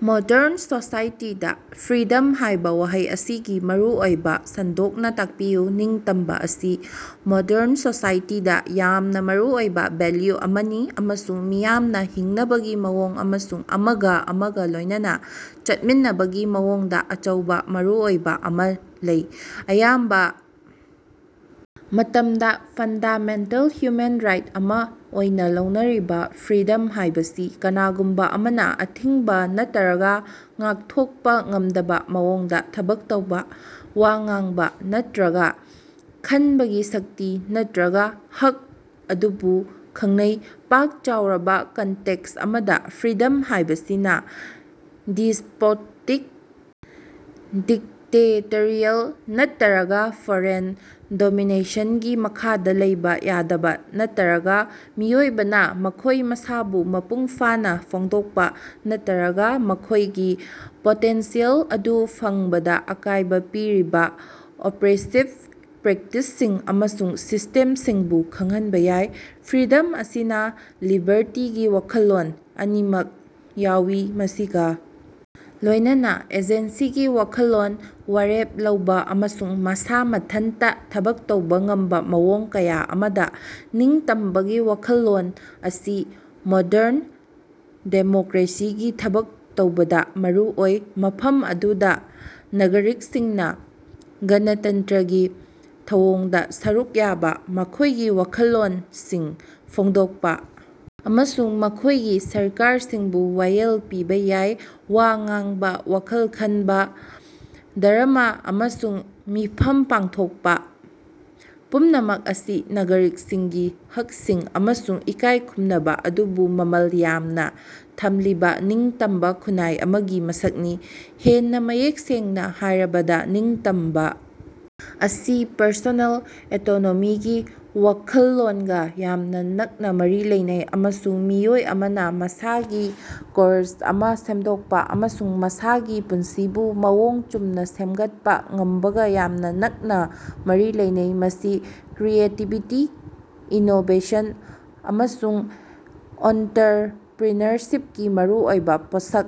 Modern ꯁꯣꯁꯥꯏꯇꯤꯗꯥ freedom ꯍꯥꯏꯕ ꯋꯥꯍꯩ ꯑꯁꯤꯒꯤ ꯃꯔꯨꯑꯣꯏꯕ ꯑꯗꯨ ꯁꯟꯗꯣꯛꯅ ꯇꯥꯛꯄꯤꯌꯨ꯫ ꯅꯤꯡꯇꯝꯕ ꯑꯁꯤ ꯃꯣꯗ꯭ꯔꯟ ꯁꯣꯁꯥꯏꯇꯤꯗꯥ ꯌꯥꯝꯅ ꯃꯔꯨꯑꯣꯏꯕ ꯚꯦꯂ꯭ꯌꯨ ꯑꯃꯅꯤ, ꯑꯃꯁꯨꯡ ꯃꯤꯌꯥꯝꯅ ꯍꯤꯡꯅꯕꯒꯤ ꯃꯑꯣꯡ ꯑꯃꯁꯨꯡ ꯑꯃꯒꯥ ꯑꯃꯒꯥ ꯂꯣꯏꯅꯅꯥ ꯆꯠꯃꯤꯟꯅꯕꯒꯤ ꯃꯑꯣꯡꯗ ꯑꯆꯧꯕ ꯃꯔꯨꯑꯣꯏꯕ ꯑꯃ ꯂꯩ꯫ ꯑꯌꯥꯝꯕ ꯃꯇꯝꯗ ꯐꯟꯗꯥꯃꯦꯟꯇꯦꯜ ꯍ꯭ꯌꯨꯃꯦꯟ ꯔꯥꯏꯠ ꯑꯃ ꯑꯣꯏꯅ ꯂꯧꯅꯔꯤꯕ ꯐ꯭ꯔꯤꯗꯝ ꯍꯥꯏꯕꯁꯤ ꯀꯅꯥꯒꯨꯝꯕ ꯑꯃꯅ ꯑꯊꯤꯡꯕ ꯅꯠꯇꯔꯒ ꯉꯥꯛꯊꯣꯛꯄ ꯉꯝꯗꯕ ꯃꯑꯣꯡꯗ ꯊꯕꯛ ꯇꯧꯕ, ꯋꯥ ꯉꯥꯡꯕ ꯅꯠꯇꯔꯒ ꯈꯟꯕꯒꯤ ꯁꯛꯇꯤ ꯅꯠꯇꯔꯒ ꯍꯛ ꯑꯗꯨꯕꯨ ꯈꯪꯅꯩ꯫ ꯄꯥꯛ-ꯆꯥꯎꯔꯕ ꯀꯟꯇꯦꯛꯁ ꯑꯃꯗ, ꯐ꯭ꯔꯤꯗꯝ ꯍꯥꯏꯕꯁꯤꯅ ꯗꯤꯁ꯭ꯄꯣꯇꯤꯛ, ꯗꯤꯛꯇꯦꯇꯔꯤꯌꯦꯜ ꯅꯠꯇꯔꯒ ꯐꯣꯔꯦꯟ ꯗꯣꯃꯤꯅꯦꯁꯟꯒꯤ ꯃꯈꯥꯗ ꯂꯩꯕ ꯌꯥꯗꯕ ꯅꯠꯇꯔꯒ ꯃꯤꯑꯣꯏꯕꯅ ꯃꯈꯣꯏ ꯃꯁꯥꯕꯨ ꯃꯄꯨꯡꯐꯥꯅ ꯐꯣꯡꯗꯣꯛꯄ ꯅꯠꯇꯔꯒ ꯃꯈꯣꯏꯒꯤ ꯄꯣꯇꯦꯟꯁꯤꯑꯦꯜ ꯑꯗꯨ ꯐꯪꯕꯗ ꯑꯀꯥꯏꯕ ꯄꯤꯔꯤꯕ ꯑꯣꯄ꯭ꯔꯦꯁꯤꯚ ꯄ꯭ꯔꯦꯛꯇꯤꯁꯁꯤꯡ ꯑꯃꯁꯨꯡ ꯁꯤꯁꯇꯦꯝꯁꯤꯡꯕꯨꯁꯨ ꯈꯪꯍꯟꯕ ꯌꯥꯏ꯫ ꯐ꯭ꯔꯤꯗꯝ ꯑꯁꯤꯅ ꯂꯤꯕꯔꯇꯤꯒꯤ ꯋꯥꯈꯜꯂꯣꯟ ꯑꯅꯤꯃꯛ ꯌꯥꯎꯏ, ꯃꯁꯤꯒ ꯂꯣꯏꯅꯅꯥ ꯑꯦꯖꯦꯟꯁꯤꯒꯤ ꯋꯥꯈꯜꯂꯣꯟ ꯋꯥꯔꯦꯞ ꯂꯧꯕ ꯑꯃꯁꯨꯡ ꯃꯁꯥ ꯃꯊꯟꯇ ꯊꯕꯛ ꯇꯧꯕ ꯉꯝꯕ ꯃꯑꯣꯡ ꯀꯌꯥ ꯑꯃꯗ, ꯅꯤꯡꯇꯝꯕꯒꯤ ꯋꯥꯈꯜꯂꯣꯟ ꯑꯁꯤ ꯃꯣꯗꯔꯟ ꯗꯦꯃꯣꯀ꯭ꯔꯦꯁꯤꯒꯤ ꯊꯕꯛ ꯇꯧꯕꯗ ꯃꯔꯨ ꯑꯣꯏ, ꯃꯐꯝ ꯑꯗꯨꯗ ꯅꯥꯒꯔꯤꯛꯁꯤꯡꯅ ꯒꯅꯇꯟꯇꯔꯒꯤ ꯊꯧꯑꯣꯡꯗ ꯁꯔꯨꯛ ꯌꯥꯕ, ꯃꯈꯣꯏꯒꯤ ꯋꯥꯈꯜꯂꯣꯟꯁꯤꯡ ꯐꯣꯡꯗꯣꯛꯄ ꯑꯃꯁꯨꯡ ꯃꯈꯣꯏꯒꯤ ꯁꯔꯀꯥꯔꯁꯤꯡꯕꯨ ꯋꯥꯌꯦꯜ ꯄꯤꯕ ꯌꯥꯏ꯫ ꯋꯥ ꯉꯥꯡꯕ, ꯋꯥꯈꯜ ꯈꯟꯕ, ꯙꯔꯝꯃ ꯑꯃꯁꯨꯡ ꯃꯤꯐꯝ ꯄꯥꯡꯊꯣꯛꯄ ꯄꯨꯝꯅꯃꯛ ꯑꯁꯤ ꯅꯥꯒꯔꯤꯛꯁꯤꯡꯒꯤ ꯍꯛꯁꯤꯡ ꯑꯃꯁꯨꯡ ꯏꯀꯥꯏꯈꯨꯝꯅꯕ ꯑꯗꯨꯕꯨ ꯃꯃꯜ ꯌꯥꯝꯅ ꯊꯝꯂꯤꯕ ꯅꯤꯡꯇꯝꯕ ꯈꯨꯟꯅꯥꯏ ꯑꯃꯒꯤ ꯃꯁꯛꯅꯤ꯫ ꯍꯦꯟꯅ ꯃꯌꯦꯛ ꯁꯦꯡꯅ ꯍꯥꯏꯔꯕꯗ, ꯅꯤꯡꯇꯝꯕ ꯑꯁꯤ ꯄꯔꯁꯣꯅꯦꯜ ꯑꯣꯇꯣꯅꯣꯃꯤꯒꯤ ꯋꯥꯈꯜꯂꯣꯟꯒ ꯌꯥꯝꯅ ꯅꯛꯅ ꯃꯔꯤ ꯂꯩꯅꯩ, ꯑꯃꯁꯨꯡ ꯃꯤꯑꯣꯏ ꯑꯃꯅ ꯃꯁꯥꯒꯤ ꯀꯣꯔꯁ ꯑꯃ ꯁꯦꯝꯗꯣꯛꯄ ꯑꯃꯁꯨꯡ ꯃꯁꯥꯒꯤ ꯄꯨꯟꯁꯤꯕꯨ ꯃꯑꯣꯡ ꯆꯨꯝꯅ ꯁꯦꯝꯒꯠꯄ ꯉꯝꯕꯒ ꯌꯥꯝꯅ ꯅꯛꯅꯥ ꯃꯔꯤ ꯂꯩꯅꯩ꯫ ꯃꯁꯤ ꯀ꯭ꯔꯤꯌꯦꯇꯤꯕꯤꯇꯤ, ꯏꯅꯣꯕꯦꯁꯟ, ꯑꯃꯁꯨꯡ ꯑꯣꯟꯇꯔꯄ꯭ꯔꯤꯅꯔꯁꯤꯞꯀꯤ ꯃꯔꯨꯑꯣꯏꯕ ꯄꯣꯠꯁꯛ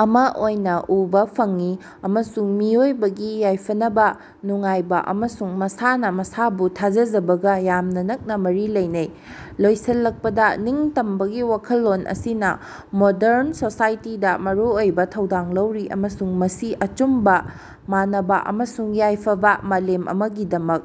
ꯑꯃ ꯑꯣꯏꯅ ꯎꯕꯥ ꯐꯪꯏ, ꯑꯃꯁꯨꯡ ꯃꯤꯑꯣꯏꯕꯒꯤ ꯌꯥꯏꯐꯅꯕ, ꯅꯨꯡꯉꯥꯏꯕ ꯑꯃꯁꯨꯡ ꯃꯁꯥꯅ ꯃꯁꯥꯕꯨ ꯊꯥꯖꯖꯕꯒ ꯌꯥꯝꯅ ꯅꯛꯅ ꯃꯔꯤ ꯂꯩꯅꯩ꯫ ꯂꯣꯏꯁꯤꯜꯂꯛꯄꯗ, ꯅꯤꯡꯇꯝꯕꯒꯤ ꯋꯥꯈꯜꯂꯣꯟ ꯑꯁꯤꯅ ꯃꯣꯗ꯭ꯔꯟ ꯁꯣꯁꯥꯏꯇꯤꯗ ꯃꯔꯨꯑꯣꯏꯕ ꯊꯧꯗꯥꯡ ꯂꯧꯔꯤ, ꯑꯃꯁꯨꯡ ꯃꯁꯤ ꯑꯆꯨꯝꯕ, ꯃꯥꯟꯅꯕ ꯑꯃꯁꯨꯡ ꯌꯥꯏꯐꯕꯥ ꯃꯥꯂꯦꯝ ꯑꯃꯒꯤꯗꯃꯛ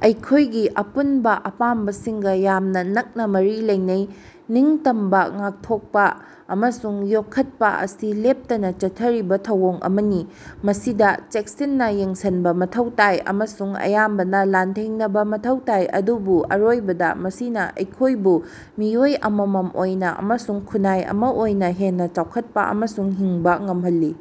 ꯑꯩꯈꯣꯏꯒꯤ ꯑꯄꯨꯟꯕ ꯑꯄꯥꯝꯕꯁꯤꯡꯒ ꯌꯥꯝꯅ ꯅꯛꯅꯥ ꯃꯔꯤ ꯂꯩꯅꯩ꯫ ꯅꯤꯡꯇꯝꯕꯥ ꯉꯥꯛꯊꯣꯛꯄ ꯑꯃꯁꯨꯡ ꯌꯣꯛꯈꯠꯄ ꯑꯁꯤ ꯂꯦꯞꯇꯅꯥ ꯆꯠꯊꯔꯤꯕ ꯊꯧꯑꯣꯡ ꯑꯃꯅꯤ ꯃꯁꯤꯗ ꯆꯦꯛꯁꯤꯟꯅ ꯌꯦꯡꯁꯤꯟꯕ ꯃꯊꯧ ꯇꯥꯏ, ꯑꯃꯁꯨꯡ ꯑꯌꯥꯝꯕꯅ, ꯂꯥꯟꯊꯦꯡꯅꯕꯥ ꯃꯊꯧ ꯇꯥꯏ, ꯑꯗꯨꯕꯨ ꯑꯔꯣꯏꯕꯗ ꯃꯁꯤꯅ ꯑꯩꯈꯣꯏꯕꯨ ꯃꯤꯑꯣꯏ ꯑꯃꯃꯝ ꯑꯣꯏꯅ ꯑꯃꯁꯨꯡ ꯈꯨꯟꯅꯥꯏ ꯑꯃ ꯑꯣꯏꯅ ꯍꯦꯟꯅ ꯆꯥꯎꯈꯠꯄ ꯑꯃꯁꯨꯡ ꯍꯤꯡꯕ ꯉꯝꯍꯜꯂꯤ꯫